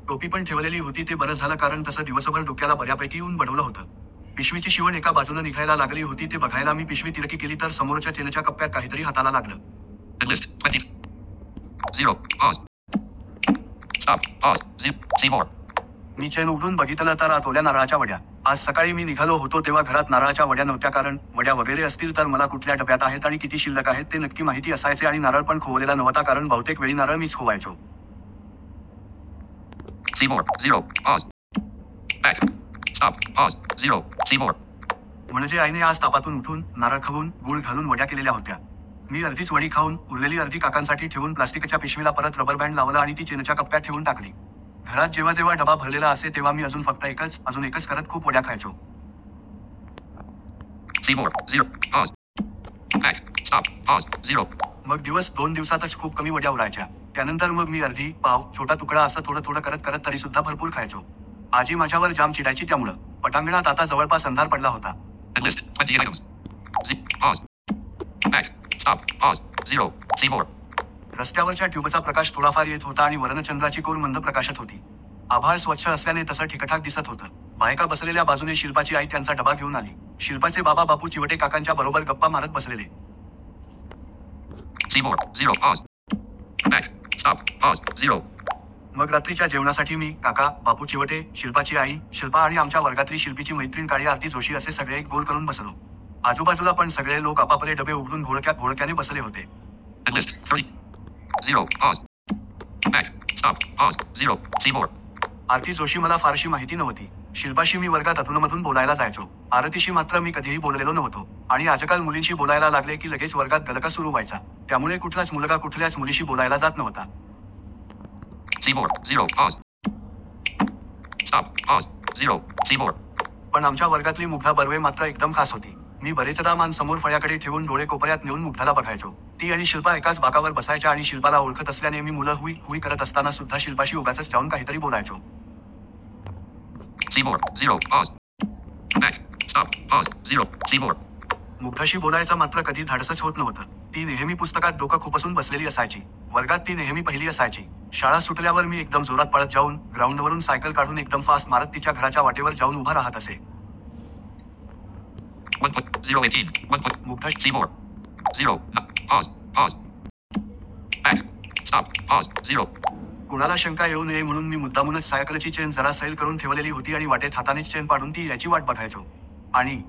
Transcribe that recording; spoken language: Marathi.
टोपी पण ठेवलेली होती ते बरं झालं कारण तसं दिवसभर डोक्याला बर्यापैकी उन बडवलं होतं. पिशवीची शिवण एका बाजूनं निघायला लागली होती ते बघायला मी पिशवी तिरकी केली तर समोरच्या चेनच्या कप्प्यात काहीतरी हाताला लागलं. मी चेन उघडून बघितलं तर आत ओल्या नारळाच्या वड्या. आज सकाळी मी निघालो होतो तेव्हा घरात नारळाच्या वड्या नव्हत्या कारण, वड्या वगैरे असतील तर मला कुठल्या डब्यात आहेत आणि किती शिल्लक आहेत ते नक्की माहिती असायचे आणि नारळ पण खोवलेला नव्हता कारण बहुतेक वेळी नारळ मीच खोवायचो. म्हणजे आईने आज तापातून उठून, नारळ खवून, गूळ घालून वड्या केलेल्या होत्या. मी अर्धीच वडी खाउन, उरलेली अर्धी काकांसाठी ठेवून प्लास्टिकच्या पिशवीला परत रबरबॅंड लावलं आणि ती चेनच्या कप्प्यात ठेवून टाकली. घरात जेव्हाजेव्हा डबा भरलेला असे तेव्हा मी अजून फक्त एकच, अजून एकच करत खूप वड्या खायचो. मग दिवस-दोन दिवसातच खूप कमी वड्या उरायच्या. त्यानंतर मग मी अर्धी, पाव, छोटा तुकडा असं थोडं थोडं करत करत तरीसुद्धा भरपूर खायचो. आजी माझ्यावर जाम चिडायची त्यामुळं. पटांगणात आता जवळपास अंधार पडला होता. रस्त्यावरच्या ट्युबचा प्रकाश थोडाफार येत होता आणि वरनं चंद्राची कोर मंद प्रकाशत होती. आभाळ स्वच्छ असल्याने तसं ठिकठाक दिसत होतं. बायका बसलेल्या बाजूने शिल्पाची आई त्यांचा डबा घेउन आली. शिल्पाचे बाबा बापू चिवटे काकांच्या बरोबर गप्पा मारत बसलेले. मग रात्रीच्या जेवणासाठी मी, काका, बापू चिवटे, शिल्पाची आई, शिल्पा आणि आमच्या वर्गातली शिल्पीची मैत्रिण काळी आरती जोशी असे सगळे एक गोल करुन बसलो. आजूबाजूला पण सगळे लोक आपापले डबे उघडून घोळक्या-घोळक्याने बसले होते. आरती जोशी मला फारशी माहिती नव्हती. शिल्पाशी मी वर्गात अधूनमधून बोलायला जायचो. आरतीशी मात्र मी कधिही बोललेलो नव्हतो. आणि आजकाल मुलींशी बोलायला लागले की लगेच वर्गात गलका सुरु व्हायचा. त्यामुळे कुठलाच मुलगा कुठल्याच मुलीशी बोलायला जात नव्हता. पण आमच्या वर्गातली मुग्धा बर्वे मात्र एकदम खास होती. मी बरेचदा मान समोर फळ्याकडे ठेवून डोळे कोपर्यात नेउन मुग्धाला बघायचो. ती आणि शिल्पा एकाच बाकावर बसायच्या आणि शिल्पाला ओळखत असल्याने मी मुलं हुइ-हुइ करत असताना सुद्धा शिल्पाशी उगाचच जाउन काहीतरी बोलायचो. मुग्धाशी बोलायचं मात्र कधी धाडसच होत नव्हतं. ती नेहेमी पुस्तकात डोकं खुपसून बसलेली असायची. वर्गात ती नेहेमी पहिली असायची. शाळा सुटल्यावर मी एकदम जोरात पळत जाउन, ग्राउंडवरुन सायकल काढून एकदम फास्ट मारत तिच्या घराच्या वाटेवर जाउन उभा राहत असे. कुणाला शंका येउ नये म्हणुन मी मुद्दामूनच सायकलची चेन जरा सैल करुन ठेवलेली होती आणि वाटेत हातानेच चेन पाडून ती यायची वाट बघायचो. आणि